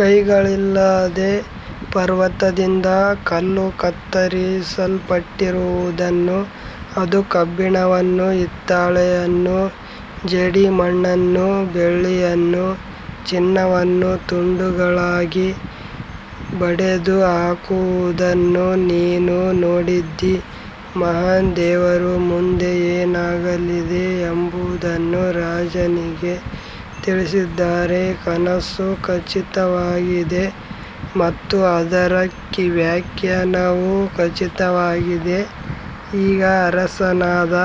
ಕೈಗಳಿಲ್ಲದೆ ಪರ್ವತದಿಂದ ಕಲ್ಲು ಕತ್ತರಿಸಲ್ಪಟ್ಟಿರುವುದನ್ನೂ ಅದು ಕಬ್ಬಿಣವನ್ನೂ ಹಿತ್ತಾಳೆಯನ್ನೂ ಜೇಡಿಮಣ್ಣನ್ನೂ ಬೆಳ್ಳಿಯನ್ನೂ ಚಿನ್ನವನ್ನೂ ತುಂಡುಗಳಾಗಿ ಒಡೆದುಹಾಕುವುದನ್ನೂ ನೀನು ನೋಡಿದ್ದೀ. ಮಹಾನ್ ದೇವರು ಮುಂದೆ ಏನಾಗಲಿದೆ ಎಂಬುದನ್ನು ರಾಜನಿಗೆ ತಿಳಿಸಿದ್ದಾನೆ. ಕನಸು ಖಚಿತವಾಗಿದೆ ಮತ್ತು ಅದರ ವ್ಯಾಖ್ಯಾನವೂ ಖಚಿತವಾಗಿದೆ. ಆಗ ಅರಸನಾದ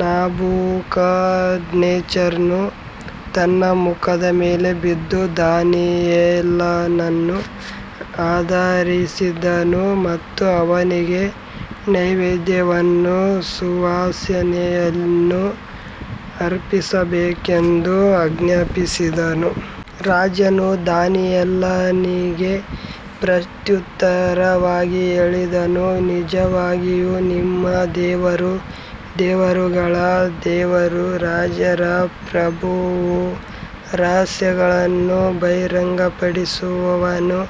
ನೆಬೂಕದ್ನೆಚ್ಚರನು ತನ್ನ ಮುಖದ ಮೇಲೆ ಬಿದ್ದು ದಾನಿಯೇಲನನ್ನು ಆರಾಧಿಸಿದನು ಮತ್ತು ಅವನಿಗೆ ನೈವೇದ್ಯವನ್ನೂ ಸುವಾಸನೆಯನ್ನೂ ಅರ್ಪಿಸಬೇಕೆಂದು ಆಜ್ಞಾಪಿಸಿದನು. ರಾಜನು ದಾನಿಯೇಲನಿಗೆ ಪ್ರತ್ಯುತ್ತರವಾಗಿ ಹೇಳಿದನು, ನಿಜವಾಗಿಯೂ ನಿಮ್ಮ ದೇವರು ದೇವರುಗಳ ದೇವರೂ ರಾಜರ ಪ್ರಭುವೂ ರಹಸ್ಯಗಳನ್ನು ಬಹಿರಂಗಪಡಿಸುವವನೂ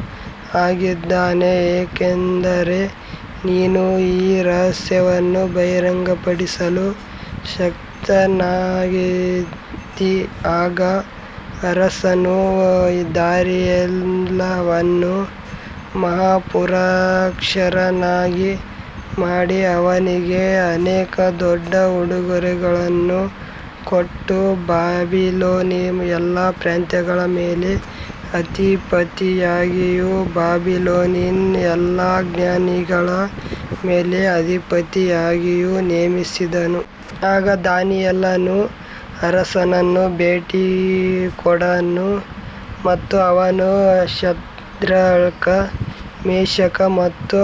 ಆಗಿದ್ದಾನೆ, ಏಕೆಂದರೆ ನೀನು ಈ ರಹಸ್ಯವನ್ನು ಬಹಿರಂಗಪಡಿಸಲು ಶಕ್ತನಾಗಿದ್ದೀ. ಆಗ ಅರಸನು ದಾನಿಯೇಲನನ್ನು ಮಹಾಪುರುಷನನ್ನಾಗಿ ಮಾಡಿ ಅವನಿಗೆ ಅನೇಕ ದೊಡ್ಡ ಉಡುಗೊರೆಗಳನ್ನು ಕೊಟ್ಟು ಬಾಬಿಲೋನಿನ ಎಲ್ಲಾ ಪ್ರಾಂತ್ಯಗಳ ಮೇಲೆ ಅಧಿಪತಿಯಾಗಿಯೂ ಬಾಬಿಲೋನಿನ ಎಲ್ಲಾ ಜ್ಞಾನಿಗಳ ಮೇಲೆ ಅಧಿಪತಿಯಾಗಿಯೂ ನೇಮಿಸಿದನು. ಆಗ ದಾನಿಯೇಲನು ಅರಸನನ್ನು ಬೇಡಿಕೊಂಡನು ಮತ್ತು ಅವನು ಶದ್ರಕ್, ಮೇಷಕ್ ಮತ್ತು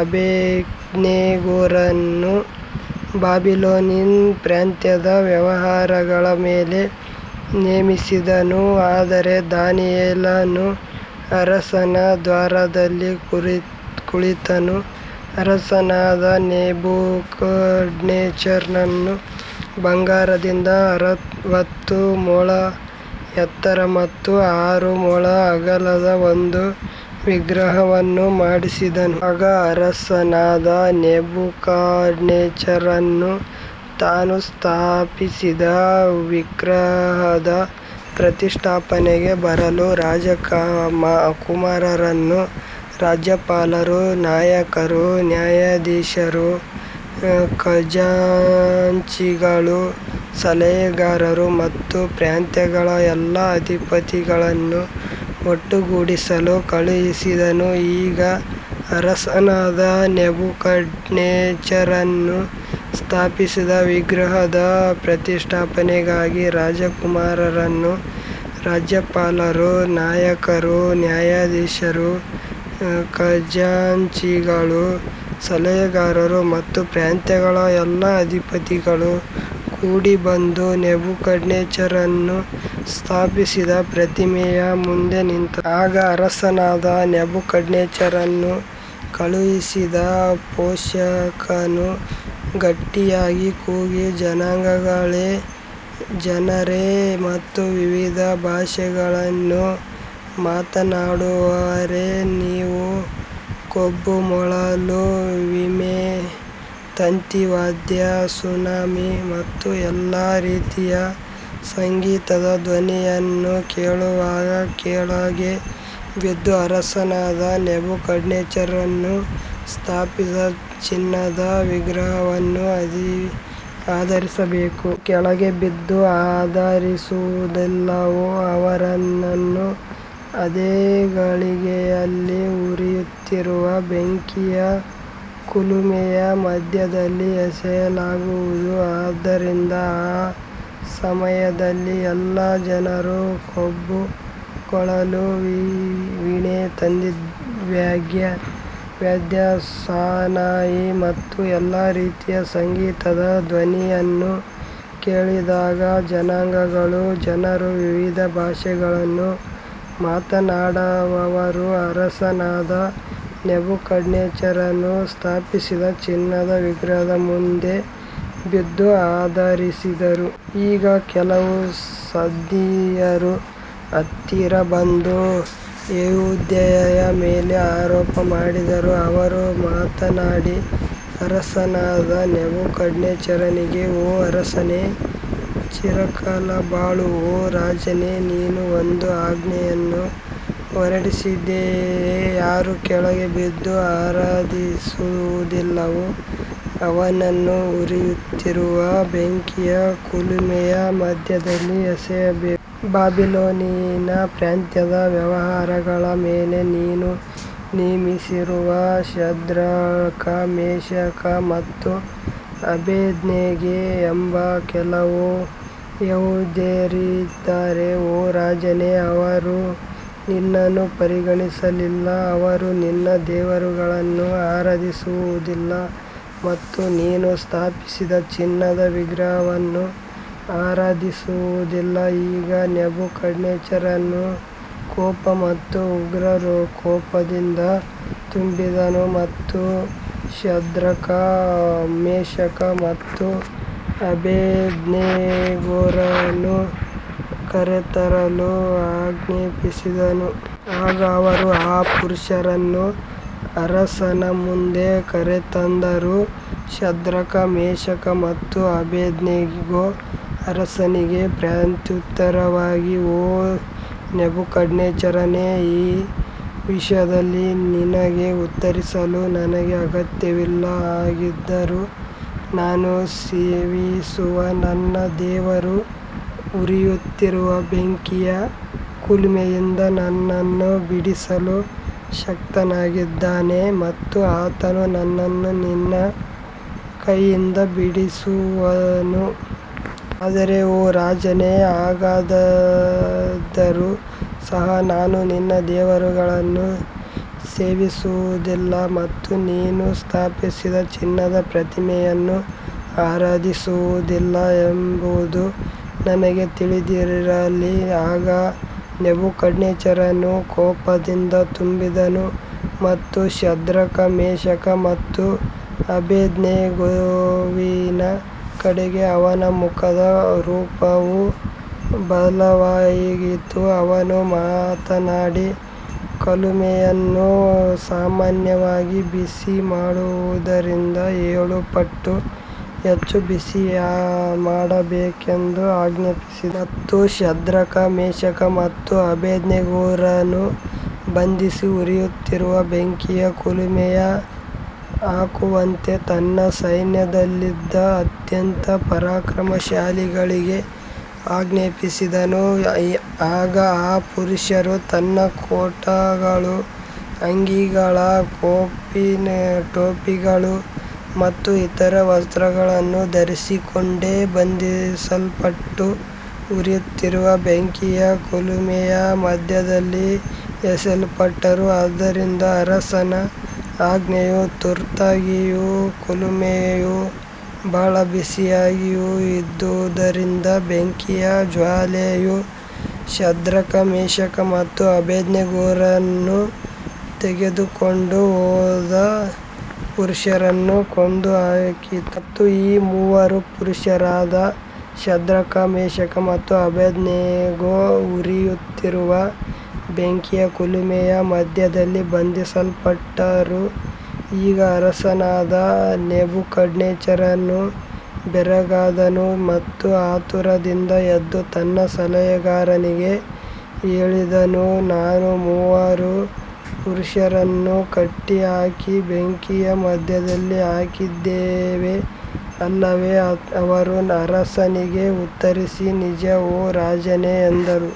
ಅಬೇದ್ನೆಗೋರನ್ನು ಬಾಬಿಲೋನಿನ ಪ್ರಾಂತ್ಯದ ವ್ಯವಹಾರಗಳ ಮೇಲೆ ನೇಮಿಸಿದನು. ಆದರೆ ದಾನಿಯೇಲನು ಅರಸನ ದ್ವಾರದಲ್ಲಿ ಕುಳಿತನು. ಅರಸನಾದ ನೆಬೂಕದ್ನೆಚ್ಚರನು ಬಂಗಾರದಿಂದ ಅರವತ್ತು ಮೊಳ ಎತ್ತರ ಮತ್ತು ಆರು ಮೊಳ ಅಗಲದ ಒಂದು ವಿಗ್ರಹವನ್ನು ಮಾಡಿಸಿದನು. ಆಗ ಅರಸನಾದ ನೆಬೂಕದ್ನೆಚ್ಚರನು ತಾನು ಸ್ಥಾಪಿಸಿದ ವಿಗ್ರಹದ ಪ್ರತಿಷ್ಠಾಪನೆಗೆ ಬರಲು ರಾಜಕುಮಾರರು, ರಾಜ್ಯಪಾಲರು, ನಾಯಕರು, ನ್ಯಾಯಾಧೀಶರು, ಖಜಾಂಚಿಗಳು, ಸಲಹೆಗಾರರು ಮತ್ತು ಪ್ರಾಂತ್ಯಗಳ ಎಲ್ಲಾ ಅಧಿಪತಿಗಳನ್ನು ಒಟ್ಟುಗೂಡಿಸಲು ಕಳುಹಿಸಿದನು. ಆಗ ಅರಸನಾದ ನೆಬೂಕದ್ನೆಚ್ಚರನು ಸ್ಥಾಪಿಸಿದ ವಿಗ್ರಹದ ಪ್ರತಿಷ್ಠಾಪನೆಗಾಗಿ ರಾಜಕುಮಾರರು, ರಾಜ್ಯಪಾಲರು, ನಾಯಕರು, ನ್ಯಾಯಾಧೀಶರು, ಖಜಾಂಚಿಗಳು, ಸಲಹೆಗಾರರು ಮತ್ತು ಪ್ರಾಂತ್ಯಗಳ ಎಲ್ಲಾ ಅಧಿಪತಿಗಳು ಕೂಡಿಬಂದು ನೆಬೂಕದ್ನೆಚ್ಚರನು ಸ್ಥಾಪಿಸಿದ ಪ್ರತಿಮೆಯ ಮುಂದೆ ನಿಂತರು. ಆಗ ಅರಸನಾದ ನೆಬೂಕದ್ನೆಚ್ಚರನು ಕಳುಹಿಸಿದ ಘೋಷಕನು ಗಟ್ಟಿಯಾಗಿ ಕೂಗಿ, ಜನಾಂಗಗಳೇ, ಜನರೇ ಮತ್ತು ವಿವಿಧ ಭಾಷೆಗಳನ್ನು ಮಾತನಾಡುವವರೇ, ನೀವು ಕೊಂಬು, ಕೊಳಲು, ವೀಣೆ, ತಂತಿವಾದ್ಯ, ಸಾನಾಯಿ ಮತ್ತು ಎಲ್ಲಾ ರೀತಿಯ ಸಂಗೀತದ ಧ್ವನಿಯನ್ನು ಕೇಳುವಾಗ ಕೆಳಗೆ ಬಿದ್ದು ಅರಸನಾದ ನೆಬೂಕದ್ನೆಚ್ಚರನು ಸ್ಥಾಪಿಸಿದ ಚಿನ್ನದ ವಿಗ್ರಹವನ್ನು ಆಧರಿಸಬೇಕು. ಯಾರು ಕೆಳಗೆ ಬಿದ್ದು ಆಧರಿಸುವುದಿಲ್ಲವೋ ಅವನನ್ನು ಅದೇ ಗಳಿಗೆಯಲ್ಲಿ ಉರಿಯುತ್ತಿರುವ ಬೆಂಕಿಯ ಕುಲುಮೆಯ ಮಧ್ಯದಲ್ಲಿ ಎಸೆಯಲಾಗುವುದು. ಆದ್ದರಿಂದ ಆ ಸಮಯದಲ್ಲಿ ಎಲ್ಲಾ ಜನರು ಕೊಂಬು, ಕೊಳಲು, ವೀಣೆ, ತಂತಿವಾದ್ಯ, ಸಾನಾಯಿ ಮತ್ತು ಎಲ್ಲಾ ರೀತಿಯ ಸಂಗೀತದ ಧ್ವನಿಯನ್ನು ಕೇಳಿದಾಗ ಜನಾಂಗಗಳೂ ಜನರೂ ವಿವಿಧ ಭಾಷೆಗಳನ್ನು ಮಾತನಾಡುವವರೂ ಅರಸನಾದ ನೆಬೂಕದ್ನೆಚ್ಚರನು ಸ್ಥಾಪಿಸಿದ ಚಿನ್ನದ ವಿಗ್ರಹದ ಮುಂದೆ ಬಿದ್ದು ಆಧರಿಸಿದರು. ಆಗ ಕೆಲವು ಕಸ್ದೀಯರು ಹತ್ತಿರ ಬಂದು ಯೆಹೂದ್ಯರ ಮೇಲೆ ಆರೋಪ ಮಾಡಿದರು. ಅವರು ಮಾತನಾಡಿ ಅರಸನಾದ ನೆಬೂಕದ್ನೆಚ್ಚರನಿಗೆ, ಓ ಅರಸನೇ, ಚಿರಕಾಲ ಬಾಳು. ಓ ರಾಜನೇ, ನೀನು ಒಂದು ಆಜ್ಞೆಯನ್ನು ಹೊರಡಿಸಿದ್ದೀಯೆ, ಯಾರು ಕೆಳಗೆ ಬಿದ್ದು ಆರಾಧಿಸುವುದಿಲ್ಲವೋ ಅವನನ್ನು ಉರಿಯುತ್ತಿರುವ ಬೆಂಕಿಯ ಕುಲುಮೆಯ ಮಧ್ಯದಲ್ಲಿ ಎಸೆಯಬೇಕು. ಬಾಬಿಲೋನಿನ ಪ್ರಾಂತ್ಯದ ವ್ಯವಹಾರಗಳ ಮೇಲೆ ನೀನು ನೇಮಿಸಿರುವ ಶದ್ರಕ್, ಮೇಷಕ್ ಮತ್ತು ಅಬೇದ್ನೆಗೋ ಎಂಬ ಕೆಲವು ಯೆಹೂದ್ಯರಿದ್ದಾರೆ. ಓ ರಾಜನೇ, ಅವರು ನಿನ್ನನ್ನು ಪರಿಗಣಿಸಲಿಲ್ಲ. ಅವರು ನಿನ್ನ ದೇವರುಗಳನ್ನು ಆರಾಧಿಸುವುದಿಲ್ಲ ಮತ್ತು ನೀನು ಸ್ಥಾಪಿಸಿದ ಚಿನ್ನದ ವಿಗ್ರಹವನ್ನು ಆರಾಧಿಸುವುದಿಲ್ಲ. ಆಗ ನೆಬೂಕದ್ನೆಚ್ಚರನು ಕೋಪ ಮತ್ತು ಉಗ್ರಕೋಪದಿಂದ ತುಂಬಿದನು ಮತ್ತು ಶದ್ರಕ್, ಮೇಷಕ್ ಮತ್ತು ಅಬೇದ್ನೆಗೋರನ್ನು ಕರೆತರಲು ಆಜ್ಞಾಪಿಸಿದನು. ಆಗ ಅವರು ಆ ಪುರುಷರನ್ನು ಅರಸನ ಮುಂದೆ ಕರೆತಂದರು. ಶದ್ರಕ್, ಮೇಷಕ್ ಮತ್ತು ಅಬೇದ್ನೆಗೋ ಅರಸನಿಗೆ ಪ್ರತ್ಯುತ್ತರವಾಗಿ, ಓ ನೆಬೂಕದ್ನೆಚ್ಚರನೇ, ಈ ವಿಷಯದಲ್ಲಿ ನಿನಗೆ ಉತ್ತರಿಸಲು ನಮಗೆ ಅಗತ್ಯವಿಲ್ಲ. ಹಾಗಿದ್ದರೂ ನಾವು ಸೇವಿಸುವ ನಮ್ಮ ದೇವರು ಉರಿಯುತ್ತಿರುವ ಬೆಂಕಿಯ ಕುಲುಮೆಯಿಂದ ನಮ್ಮನ್ನು ಬಿಡಿಸಲು ಶಕ್ತನಾಗಿದ್ದಾನೆ ಮತ್ತು ಆತನು ನಮ್ಮನ್ನು ನಿನ್ನ ಕೈಯಿಂದ ಬಿಡಿಸುವನು. ಆದರೆ ಓ ರಾಜನೇ, ಹಾಗಾಗದಿದ್ದರೂ ಸಹ ನಾವು ನಿನ್ನ ದೇವರುಗಳನ್ನು ಸೇವಿಸುವುದಿಲ್ಲ ಮತ್ತು ನೀನು ಸ್ಥಾಪಿಸಿದ ಚಿನ್ನದ ಪ್ರತಿಮೆಯನ್ನು ಆರಾಧಿಸುವುದಿಲ್ಲ ಎಂಬುದು ನಿನಗೆ ತಿಳಿದಿರಲಿ. ಆಗ ನೆಬೂಕದ್ನೆಚ್ಚರನು ಕೋಪದಿಂದ ತುಂಬಿದನು ಮತ್ತು ಶದ್ರಕ್, ಮೇಷಕ್ ಮತ್ತು ಅಬೇದ್ನೆಗೋವಿನ ಕಡೆಗೆ ಅವನ ಮುಖದ ರೂಪವು ಬದಲಾಯಿತು. ಅವನು ಮಾತನಾಡಿ, ಕುಲುಮೆಯನ್ನು ಸಾಮಾನ್ಯವಾಗಿ ಬಿಸಿಮಾಡುವುದಕ್ಕಿಂತ ಏಳು ಪಟ್ಟು ಹೆಚ್ಚು ಬಿಸಿಮಾಡಬೇಕೆಂದು ಆಜ್ಞಾಪಿಸಿದನು. ಮತ್ತು ಶದ್ರಕ್, ಮೇಷಕ್ ಮತ್ತು ಅಬೇದ್ನೆಗೋರನ್ನು ಬಂಧಿಸಿ ಉರಿಯುತ್ತಿರುವ ಬೆಂಕಿಯ ಕುಲುಮೆಗೆ ಹಾಕುವಂತೆ ತನ್ನ ಸೈನ್ಯದಲ್ಲಿದ್ದ ಅತ್ಯಂತ ಪರಾಕ್ರಮಶಾಲಿಗಳಿಗೆ ಆಜ್ಞಾಪಿಸಿದನು. ಆಗ ಆ ಪುರುಷರು ತಮ್ಮ ಕೋಟುಗಳು, ಅಂಗಿಗಳು, ಟೋಪಿಗಳು ಮತ್ತು ಇತರ ವಸ್ತ್ರಗಳನ್ನು ಧರಿಸಿಕೊಂಡೇ ಬಂಧಿಸಲ್ಪಟ್ಟು ಉರಿಯುತ್ತಿರುವ ಬೆಂಕಿಯ ಕುಲುಮೆಯ ಮಧ್ಯದಲ್ಲಿ ಎಸೆಯಲ್ಪಟ್ಟರು. ಆದ್ದರಿಂದ ಅರಸನ ಆಜ್ಞೆಯು ತುರ್ತಾಗಿಯೂ ಕುಲುಮೆಯು ಬಹಳ ಬಿಸಿಯಾಗಿಯೂ ಇದ್ದುದರಿಂದ ಬೆಂಕಿಯ ಜ್ವಾಲೆಯು ಶದ್ರಕ್, ಮೇಷಕ್ ಮತ್ತು ಅಬೇದ್ನೆಗೋರನ್ನು ತೆಗೆದುಕೊಂಡು ಹೋದ ಪುರುಷರನ್ನು ಕೊಂದುಹಾಕಿತು. ಮತ್ತು ಈ ಮೂವರು ಪುರುಷರಾದ ಶದ್ರಕ್, ಮೇಷಕ್ ಮತ್ತು ಅಬೇದ್ನೆಗೋ ಉರಿಯುತ್ತಿರುವ ಬೆಂಕಿಯ ಕುಲುಮೆಯ ಮಧ್ಯದಲ್ಲಿ ಬಂಧಿಸಲ್ಪಟ್ಟರು. ಆಗ ಅರಸನಾದ ನೆಬೂಕದ್ನೆಚ್ಚರನು ಬೆರಗಾದನು ಮತ್ತು ಆತುರದಿಂದ ಎದ್ದು ತನ್ನ ಸಲಹೆಗಾರರಿಗೆ ಹೇಳಿದನು, ನಾವು ಮೂವರು ಪುರುಷರನ್ನು ಕಟ್ಟಿಹಾಕಿ ಬೆಂಕಿಯ ಮಧ್ಯದಲ್ಲಿ ಹಾಕಿದ್ದೇವೆ ಅಲ್ಲವೇ. ಅವರು ಅರಸನಿಗೆ ಉತ್ತರಿಸಿ, ನಿಜ, ಓ ರಾಜನೇ, ಎಂದರು.